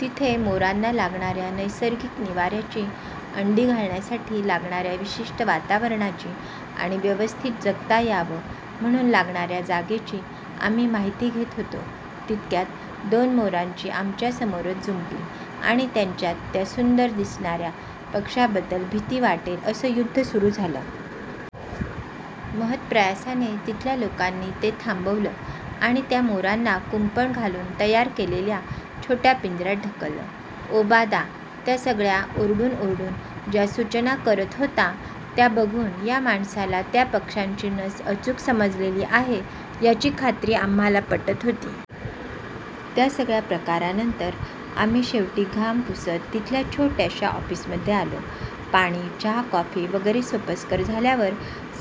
तिथे मोरांना लागणाऱ्या नैसर्गिक निवाऱ्याची, अंडी घालण्यासाठी लागणाऱ्या विशिष्ट वातावरणाची आणि व्यवस्थित जगता यावा म्हणून लागणाऱ्या जागेची आम्ही माहिती घेत होतो. तितक्यात दोन मोरांची आमच्यासमोरच जुंपली आणि त्यांच्यात त्या सुंदर दिसणार्या पक्ष्याबद्दल भीती वाटेल असं युद्ध सुरु झालं. महत्प्रयासाने तिथल्या लोकांनी ते थांबवलं आणि त्या मोरांना कुंपण घालून तयार केलेल्या छोट्या पिंजऱ्यात ढकललं. ओबादा त्या सगळ्या ओरडून ओरडून ज्या सूचना करत होता त्या बघून या माणसाला त्या पक्ष्यांची नस अचूक समजलेली आहे याची खात्री आम्हाला पटत होती. त्या सगळ्या प्रकारानंतर आम्ही शेवटी घाम पुसत तिथल्या छोट्याशा ऑफिसमध्ये आलो. पाणी, चहा-कॉफी वगैरे सोपस्कार झाल्यावर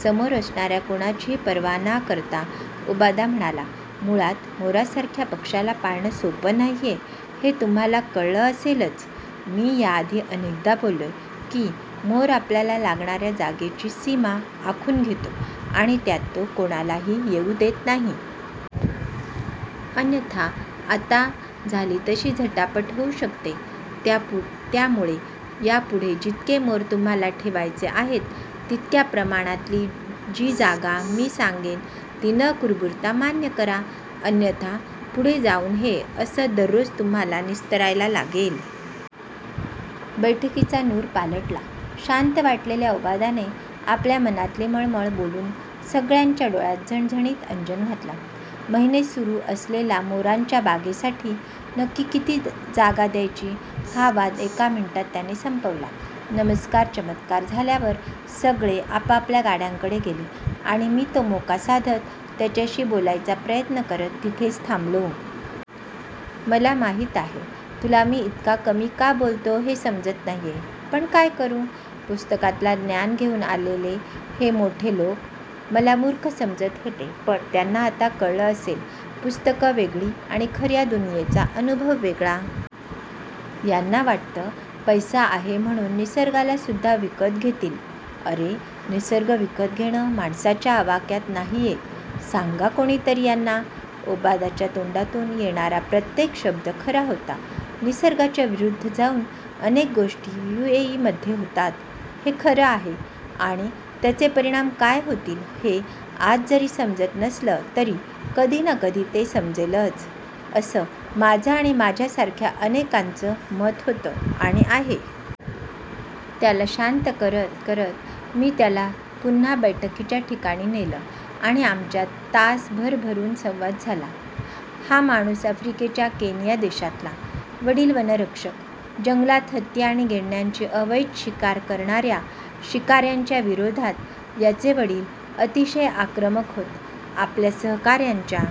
समोर असणाऱ्या कोणाचीही पर्वा ना करता ओबादा म्हणाला, ' मुळात मोरासारख्या पक्ष्याला पाळणं सोपं नाहीये हे तुम्हाला कळलं असेलचमी याआधी अनेकदा बोललोय, की मोर आपल्याला लागणाऱ्या जागेची सीमा आखून घेतो आणि त्यात तो कोणालाही येऊ देत नाही. अन्यथा आत्ता झाली तशी झटापट होऊ शकते. त्यामुळे यापुढे जितके मोर तुम्हाला ठेवायचे आहेत, तितक्या प्रमाणातली जी जागा मी सांगेन, ती न कुरबुरता मान्य करा, अन्यथा पुढे जाऊन हे 'असं' दररोज तुम्हाला निस्तरायला लागेल! 'बैठकीचा नूर पालटला. शांत वाटलेल्या ओबादाने आपल्या मनातली मळमळ बोलून सगळ्यांच्या डोळ्यात झणझणीत अंजन घातलं. महिने सुरु असलेला ' मोरांच्या बागेसाठी नक्की किती जागा द्यायची? ' हा वाद एका मिनिटात त्याने संपवला. नमस्कार चमत्कार झाल्यावर सगळे आपापल्या गाड्यांकडे गेले आणि मी तो मोका साधत त्याच्याशी बोलायचा प्रयत्न करत तिथेच थांबलो. ' मला माहित आहे, तुला मी इतका कमी का बोलतो हे समजत नाहीये, पण काय करू? पुस्तकातला ज्ञान घेऊन आलेले हे मोठे लोक मला मूर्ख समजत होतेपण त्यांना आता कळलं असेल, पुस्तकं वेगळी आणि खऱ्या दुनियेचा अनुभव वेगळा. यांना वाटतं, पैसा आहे म्हणून निसर्गाला सुद्धा विकत घेतीलअरे, निसर्ग विकत घेणं माणसाच्या आवाक्यात नाहीयेसांगा कोणीतरी यांना'ओबादाच्या तोंडातून येणारा प्रत्येक शब्द खरा होता. निसर्गाच्या विरुद्ध जाऊन अनेक गोष्टी यूएई मध्ये होतात, हे खरं आहे आणि त्याचे परिणाम काय होतील, हे आज जरी समजत नसलं तरी कधी ना कधी ते समजेलच, असा माझं आणि माझ्यासारख्या अनेकांचा मत होतं आणि आहे. त्याला शांत करत करत मी त्याला पुन्हा बैठकीच्या ठिकाणी नेलं आणि आमच्यात तास भरभरून संवाद झाला. हा माणूस आफ्रिकेच्या केनिया देशातला. वडील वनरक्षक. जंगलात हत्ती आणि गेंड्यांची अवैध शिकार करणाऱ्या शिकाऱ्यांच्या विरोधात याचे वडील अतिशय आक्रमक होत. आपल्या सहकाऱ्यांच्या